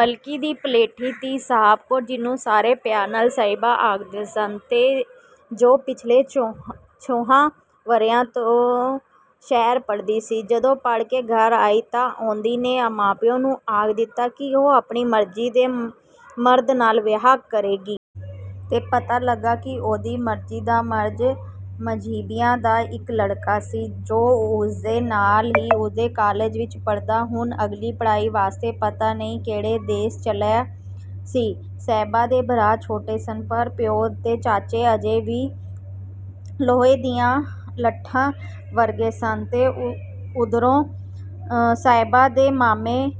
ਮਲਕੀ ਦੀ ਪਲੇਠੀ ਧੀ ਸਾਹਬ ਕੌਰ, ਜਿਹਨੂੰ ਸਾਰੇ ਪਿਆਰ ਨਾਲ ਸਾਹਿਬਾਂ ਆਖਦੇ ਸਨ, ਤੇ ਜੋ ਪਿਛਲੇ ਛੋਹਾਂ ਵਰ੍ਹਿਆਂ ਤੋਂ ਸ਼ਹਿਰ ਪੜ੍ਹਦੀ ਸੀ, ਜਦੋਂ ਪੜ੍ਹ ਕੇ ਘਰ ਆਈ ਤਾਂ ਔਂਦੀ ਨੇ ਮਾਂ ਪਿਉ ਨੂੰ ਆਖ ਦਿੱਤਾ ਕਿ ਉਹ ਆਪਣੀ ਮਰਜ਼ੀ ਦੇ ਮਰਦ ਨਾਲ ਵਿਆਹ ਕਰੇਗੀ। ਤੇ ਪਤਾ ਲੱਗਾ ਕਿ ਉਹਦੀ ਮਰਜ਼ੀ ਦਾ ਮਰਦ ਮਜ਼੍ਹਬੀਆਂ ਦਾ ਇਕ ਲੜਕਾ ਸੀ, ਜੋ ਉਸਦੇ ਨਾਲ ਹੀ ਉਸਦੇ ਕਾਲਜ ਵਿਚ ਪੜ੍ਹਦਾ। ਹੁਣ ਅਗਲੀ ਪੜ੍ਹਾਈ ਵਾਸਤੇ ਪਤਾ ਨਹੀਂ ਕਿਹੜੇ ਦੇਸ ਚੱਲਿਆ ਸੀ… ਸਾਹਿਬਾਂ ਦੇ ਭਰਾ ਛੋਟੇ ਸਨ, ਪਰ ਪਿਉ ਤੇ ਚਾਚੇ ਅਜੇ ਵੀ ਲੋਹੇ ਦੀਆਂ ਲੱਠਾਂ ਵਰਗੇ ਸਨ, ਤੇ ਉਧਰੋਂ ਸਾਹਿਬਾਂ ਦੇ ਮਾਮੇ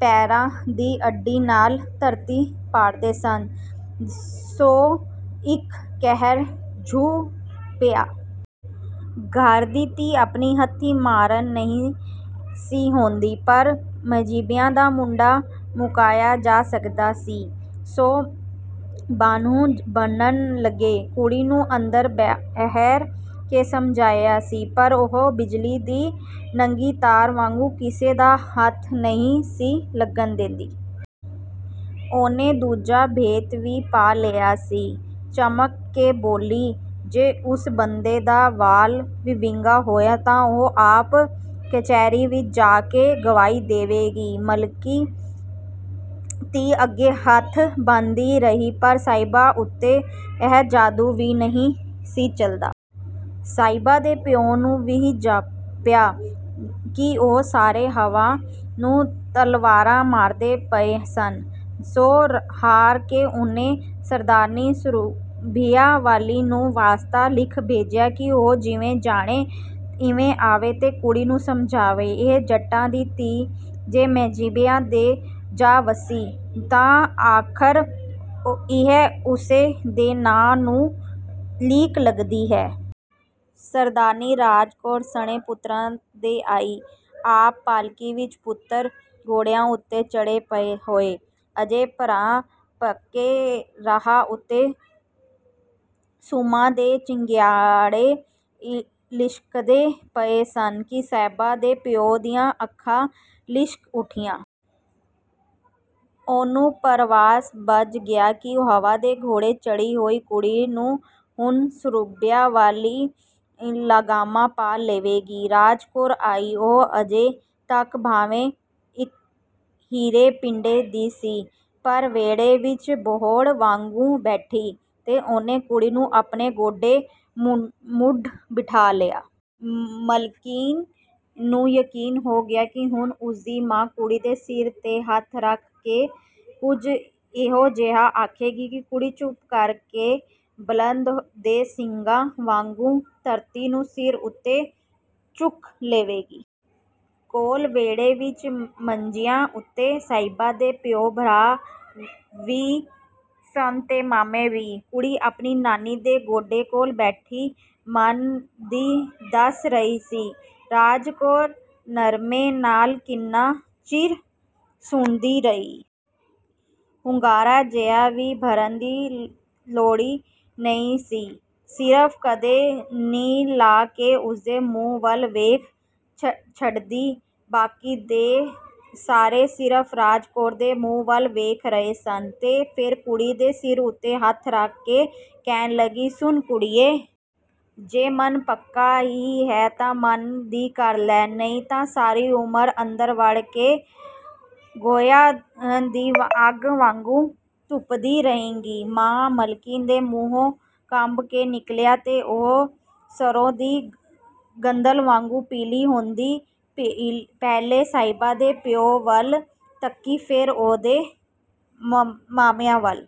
ਪੈਰਾਂ ਦੀ ਅੱਡੀ ਨਾਲ ਧਰਤੀ ਪਾੜਦੇ ਸਨ, ਸੋ ਇਕ ਕਹਿਰ ਝੁੱਲ ਪਿਆ। ਘਰ ਦੀ ਧੀ ਆਪਣੀ ਹੱਥੀਂ ਮਾਰਣ ਨਹੀਂ ਸੀ ਹੁੰਦੀ, ਪਰ ਮਜ਼੍ਹਬੀਆਂ ਦਾ ਮੁੰਡਾ ਮੁਕਾਇਆ ਜਾ ਸਕਦਾ ਸੀ। ਸੋ ਬਾਨ੍ਹਣੂ ਬੱਝਣ ਲੱਗੇ। ਕੁੜੀ ਨੂੰ ਅੰਦਰ ਬਹਿ ਕੇ ਸਮਝਾਇਆ ਸੀ, ਪਰ ਉਹ ਬਿਜਲੀ ਦੀ ਨੰਗੀ ਤਾਰ ਵਾਂਗੂੰ ਕਿਸੇ ਦਾ ਹੱਥ ਨਹੀਂ ਸੀ ਲੱਗਣ ਦੇਂਦੀ। ਉਹਨੇ ਦੂਜਾ ਭੇਤ ਵੀ ਪਾ ਲਿਆ ਸੀ – ਚਮਕ ਕੇ ਬੋਲੀ "ਜੇ ਉਸ ਬੰਦੇ ਦਾ ਵਾਲ ਵੀ ਵਿੰਗਾ ਹੋਇਆ ਤਾਂ ਉਹ ਆਪ ਕਚਿਹਰੀ ਵਿਚ ਜਾ ਕੇ ਗਵਾਹੀ ਦੇਵੇਗੀ" ਮਲਕੀ, ਧੀ ਅੱਗੇ ਹੱਥ ਬੰਨ੍ਹਦੀ ਰਹੀ, ਪਰ ਸਾਹਿਬਾਂ ਉਤੇ ਇਹ ਜਾਦੂ ਵੀ ਨਹੀਂ ਸੀ ਚਲਦਾ। ਸਾਹਿਬਾਂ ਦੇ ਪਿਉ ਨੂੰ ਵੀ ਜਾਪਿਆ – ਕਿ ਉਹ ਸਾਰੇ ਹਵਾ ਨੂੰ ਤਲਵਾਰਾਂ ਮਾਰਦੇ ਪਏ ਸਨ। ਸੋ ਹਾਰ ਕੇ ਉਹਨੇ ਸਰਦਾਰਨੀ ਮੁਰੱਬਿਆਂ ਵਾਲੀ ਨੂੰ ਵਾਸਤਾ ਲਿਖ ਭੇਜਿਆ ਕਿ ਉਹ ਜਿਵੇਂ ਜਾਣੇ, ਇਥੇ ਆਵੇ ਤੇ ਕੁੜੀ ਨੂੰ ਸਮਝਾਵੇ, ਇਹ ਜੱਟਾਂ ਦੀ ਧੀ ਜੇ ਮਜ਼੍ਹਬੀਆਂ ਦੇ ਜਾ ਵੱਸੀ, ਤਾਂ ਆਖਰ ਇਹ ਉਸੇ ਦੇ ਨਾਂ ਨੂੰ ਲੀਕ ਲੱਗਦੀ ਹੈ.. ਸਰਦਾਰਨੀ ਰਾਜ ਕੌਰ ਸਣੇ ਪੁੱਤਰਾਂ ਦੇ ਆਈ। ਆਪ ਪਾਲਕੀ ਵਿਚ, ਪੁੱਤਰ ਘੋੜਿਆਂ ਉਤੇ ਚੜ੍ਹੇ ਪਏ ਹੋਏ। ਅਜੇ ਪਰ੍ਹਾਂ ਪੱਕੇ ਰਾਹ ਉਤੇ ਸੁੰਮਾਂ ਦੇ ਚੰਗਿਆੜੇ ਲਿਸ਼ਕਦੇ ਪਏ ਸਨ ਕਿ ਸਾਹਿਬਾਂ ਦੇ ਪਿਉ ਦੀਆਂ ਅੱਖਾਂ ਲਿਸ਼ਕ ਉਠੀਆਂ। ਉਹਨੂੰ ਧਰਵਾਸ ਬੱਝ ਗਿਆ ਕਿ ਹਵਾ ਦੇ ਘੋੜੇ ਚੜ੍ਹੀ ਹੋਈ ਕੁੜੀ ਨੂੰ ਹੁਣ ਮੁਰੱਬਿਆਂ ਵਾਲੀ ਲਗਾਮਾਂ ਪਾ ਲਵੇਗੀ। ਰਾਜ ਕੌਰ ਆਈ, ਉਹ ਅਜੇ ਤੱਕ ਭਾਵੇਂ ਇਕਹਿਰੇ ਪਿੰਡੇ ਦੀ ਸੀ, ਪਰ ਵੇਹੜੇ ਵਿਚ ਬੋਹੜ ਵਾਂਗੂੰ ਬੈਠੀ, ਤੇ ਉਹਨੇ ਕੁੜੀ ਨੂੰ ਆਪਣੇ ਗੋਡੇ ਮੁੱਢ ਬਿਠਾ ਲਿਆ। ਮਲਕੀ ਨੂੰ ਯਕੀਨ ਹੋ ਗਿਆ ਕਿ ਹੁਣੇ ਉਹਦੀ ਮਾਂ – ਕੁੜੀ ਦੇ ਸਿਰ ਤੇ ਹੱਥ ਰੱਖ ਕੇ ਕੁਝ ਇਹੋ ਜਿਹਾ ਆਖੇਗੀ ਕਿ ਕੁੜੀ ਚੁੱਪ ਕਰ ਕੇ ਬਲਦ ਦੇ ਸਿੰਗਾਂ ਵਾਂਗੂੰ ਧਰਤੀ ਨੂੰ ਸਿਰ ਉਤੇ ਚੁੱਕ ਲੇਵੇਗੀ.. ਕੋਲ ਵੇਹੜੇ ਵਿਚ ਮੰਜੀਆਂ ਉਤੇ ਸਾਹਿਬਾਂ ਦੇ ਪਿਉ ਭਰਾ ਵੀ ਸਨ ਤੇ ਮਾਮੇ ਵੀ। ਕੁੜੀ ਆਪਣੀ ਨਾਨੀ ਦੇ ਗੋਡੇ ਕੋਲ ਬੈਠੀ ਮਨ ਦੀ ਦੱਸ ਰਹੀ ਸੀ। ਰਾਜ ਕੌਰ ਠਰ੍ਹੰਮੇ ਨਾਲ ਕਿੰਨਾ ਚਿਰ ਸੁਣਦੀ ਰਹੀ। ਹੁੰਗਾਰਾ ਜਿਹਾ ਵੀ ਭਰਨ ਦੀ ਲੋੜੀ ਨਹੀਂ ਸੀ, ਸਿਰਫ ਕਦੇ ਨੀਲ ਲਾ ਕੇ ਉਹਦੇ ਮੂੰਹ ਵੱਲ ਵੇਖ ਛੱਡਦੀ। ਬਾਕੀ ਦੇ ਸਾਰੇ ਸਿਰਫ਼ ਰਾਜ ਕੌਰ ਦੇ ਮੂੰਹ ਵੱਲ ਵੇਖ ਰਹੇ ਸਨ। ਤੇ ਫੇਰ ਕੁੜੀ ਦੇ ਸਿਰ ਉਤੇ ਹੱਥ ਰੱਖ ਕੇ ਕਹਿਣ ਲੱਗੀ – "ਸੁਣ ਕੁੜੀਏ! ਜੇ ਮਨ ਪੱਕਾ ਈ ਹੈ ਤਾਂ ਮਨ ਦੀ ਕਰ ਲੈ! ਨਹੀਂ ਤਾ ਸਾਰੀ ਉਮਰ ਅੰਦਰ ਵੜ ਕੇ ਗੋਹਿਆਂ ਦੀ ਅੱਗ ਵਾਂਗੂੰ ਧੁਪਦੀ ਰਹੇਂਗੀ" "ਮਾਂ! " ਮਲਕੀ ਦੇ ਮੂੰਹੋਂ ਕੰਬ ਕੇ ਨਿਕਲਿਆ ਤੇ ਉਹ ਸਰ੍ਹੋਂ ਦੀ ਗੰਦਲ ਵਾਂਗ ਪੀਲੀ ਹੁੰਦੀ ਪਹਿਲੋਂ ਸਾਹਿਬਾਂ ਦੇ ਪਿਉ ਵੱਲ ਤੱਕੀ ਫੇਰ ਉਹਦੇ ਮਾਮਿਆਂ ਵੱਲ।